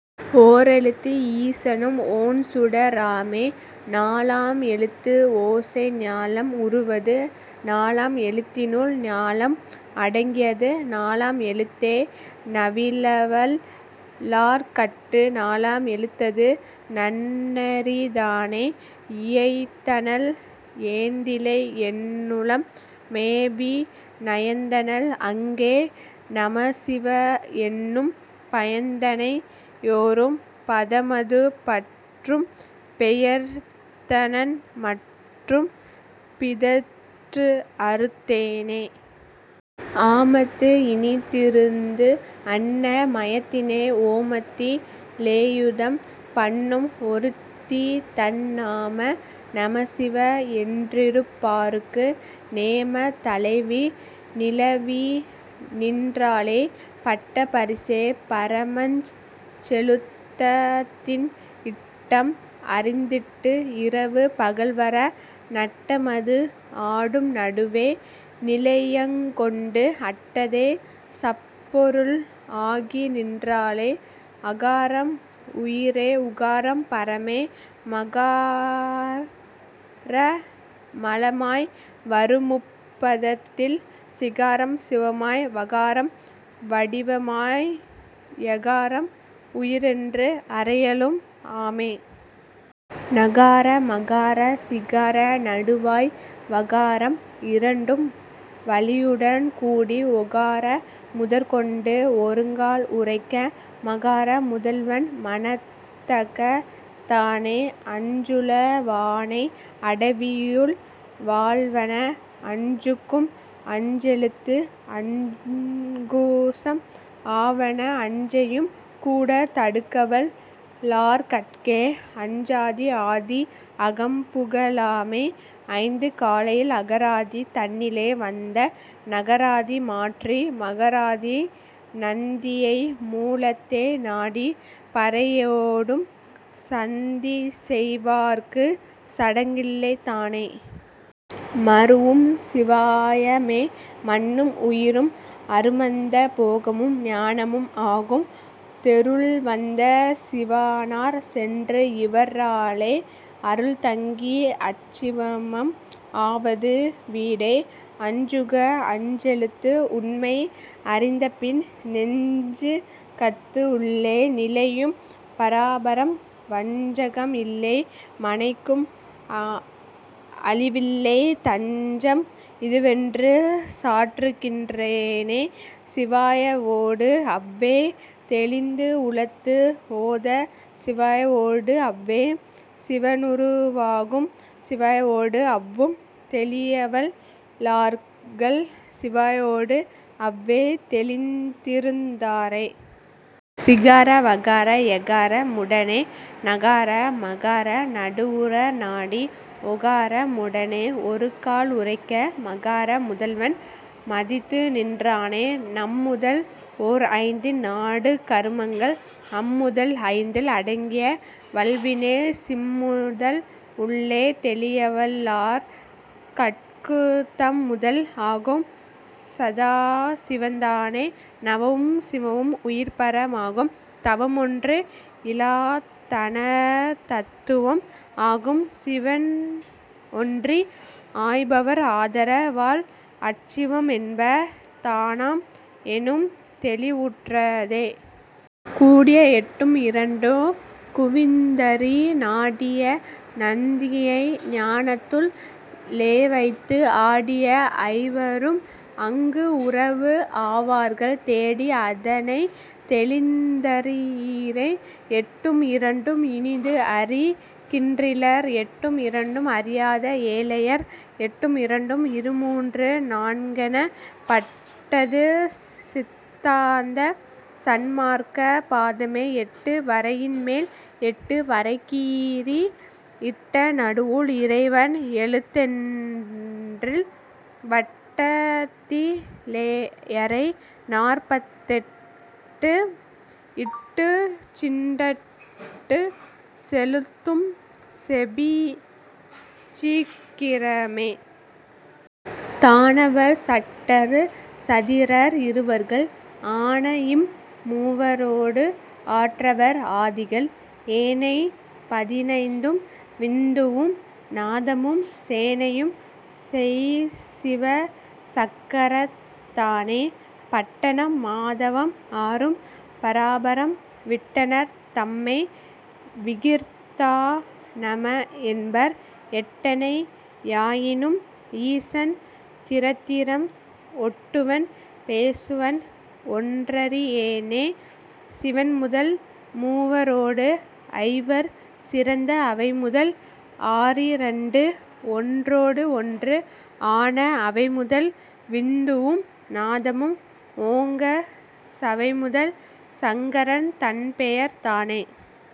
ஓரெழுத்து ஈசனும் ஓண்சுட ராமே. நாலாம் எழுத்துஓசை ஞாலம் உருவது நாலாம் எழுத்தினுள் ஞாலம் அடங்கியது நாலாம் எழுத்தே நவிலவல் லார்கட்டு நாலாம் எழுத்தது நன்னெறி தானே. இயைந்தனள் ஏந்திழை என்னுளம் மேவி நயந்தனள் அங்கே நமசிவ என்னும் பயந்தனை யோரும் பதமது பற்றும் பெயர்ந்தனன் மற்றும் பிதற்றுஅறுத் தேனே. ஆமத்து இனிதிருந்து அன்ன மயத்தினை ஓமத்தி லேயுதம் பண்ணும் ஒருத்திதன் நாம நமசிவ என்றிருப் பாருக்கு நேமத் தலைவி நிலவிநின் றாளே. பட்ட பரிசே பரமஞ் செழுத்ததின் இட்டம் அறிந்திட்டு இரவு பகல்வர நட்டமது ஆடும் நடுவே நிலையங்கொண்டு அட்டதே சப்பொருள் ஆகிநின் றாளே. அகாரம் உயிரே உகாரம் பரமே மகார மலமாய் வருமுப் பதத்தில் சிகாரம் சிவமாய் வகாரம் வடிவமாய் யகாரம் உயிரென்று அறையலும் ஆமே. நகார மகார சிகார நடுவாய் வகாரம் இரண்டும் வளியுடன் கூடி ஓகார முதற்கொண்டு ஒருக்கால் உரைக்க மகார முதல்வன் மனத்தகத் தானே. அஞ்சுள வானை அடவியுள் வாழ்வன அஞ்சுக்கும் அஞ்செழுத்து அங்குசம் ஆவன அஞ்சையும் கூடத் தடுக்கவல் லார்கட்கே அஞ்சாதி ஆதி அகம்புக லாமே. ஐந்து கலையில் அகராதி தன்னிலே வந்த நகராதி மாற்றி மகராதி நந்தியை மூலத்தே நாடிப் பரையொடும் சந்திசெய் வார்க்குச் சடங்கில்லை தானே. மருவும் சிவாயமே மன்னும் உயிரும் அருமந்த போகமும் ஞானமும் ஆகும் தெருள்வந்த சீவனார் சென்றுஇவற் றாலே அருள்தங்கி அச்சிவமம் ஆவது வீடே. அஞ்சுக அஞ்செழுத்து உண்மை அறிந்தபின் நெஞ்சுகத்து உள்ளே நிலையும் பராபரம் வஞ்சகம் இல்லை மனைக்கும் அழிவில்லை தஞ்சம் இதுவென்று சாற்றுகின் றேனே. சிவாயவொடு அவ்வே தெளிந்துஉளத்து ஓதச் சிவாயவொடு அவ்வே சிவனுரு வாகும் சிவாயவொடு அவ்வும் தெளியவல் லார்கள் சிவாயவொடு அவ்வே தெளிந்திருந் தாரே. சிகார வகார யகார முடனே நகார மகார நடுவுற நாடி ஓகார முடனே ஒருகால் உரைக்க மகார முதல்வன் மதித்துநின் றானே. நம்முதல் ஓர்ஐந்தின் நாடுங் கருமங்கள் அம்முதல் ஐந்தில் அடங்கிய வல்வினை சிம்முதல் உள்ளே தெளியவல் லார்கட்குத் தம்முதல் ஆகும் சதாசிவந் தானே. நவமும் சிவமும் உயிர்பர மாகும் தவமொன்று இலாதன தத்துவம் ஆகும் சிவம்ஒன்றி ஆய்பவர்ஆதர வால்அச் சிவம்என்ப தானாம் எனும்தெளி வுற்றதே.. கூடிய எட்டும் இரண்டும் குவிந்தறி நாடிய நந்தியை ஞானத்துள் ளேவைத்து ஆடிய ஐவரும் அங்குஉறவு ஆவார்கள் தேடி அதனைத் தெளிந்தறி யீரே. எட்டும் இரண்டும் இனிதுஅறி கின்றிலர் எட்டும் இரண்டும் அறியாத ஏழையர் எட்டும் இரண்டும் இருமூன்று நான்கெனப் பட்டது சித்தாந்த சன்மார்க்க பாதமே.. எட்டு வரையின்மேல் எட்டு வரைகீறி இட்ட நடுவுள் இறைவன் எழுத்தொன்றில் வட்டத்தி லேயறை நாற்பத்தெட் டும்இட்டுச் சிட்டஞ் செழுத்தும் செபிசீக் கிரமே. தானவர் சட்டர் சதிரர் இருவர்கள் ஆனஇம் மூவரோடு ஆற்றவர் ஆதிகள் ஏனைப் பதினைந்தும் விந்துவும் நாதமும் சேனையும் செய்சிவ சக்கரந் தானே. பட்டனம் மாதவம் ஆறும் பராபரம் விட்டனர் தம்மை விகிர்தா நமஎன்பர் எட்டனை யாயினும் ஈசன் திறத்திறம் ஒட்டுவன் பேசுவன் ஒன்றறி யேனே சிவன்முதல் மூவரோடு ஐவர் சிறந்த அவைமுதல் ஆறிரண்டு ஒன்றொடுஒன்று ஆன அவைமுதல் விந்துவும் நாதமும் ஓங்கச் சவைமுதல் சங்கரன் தன்பெயர் தானே.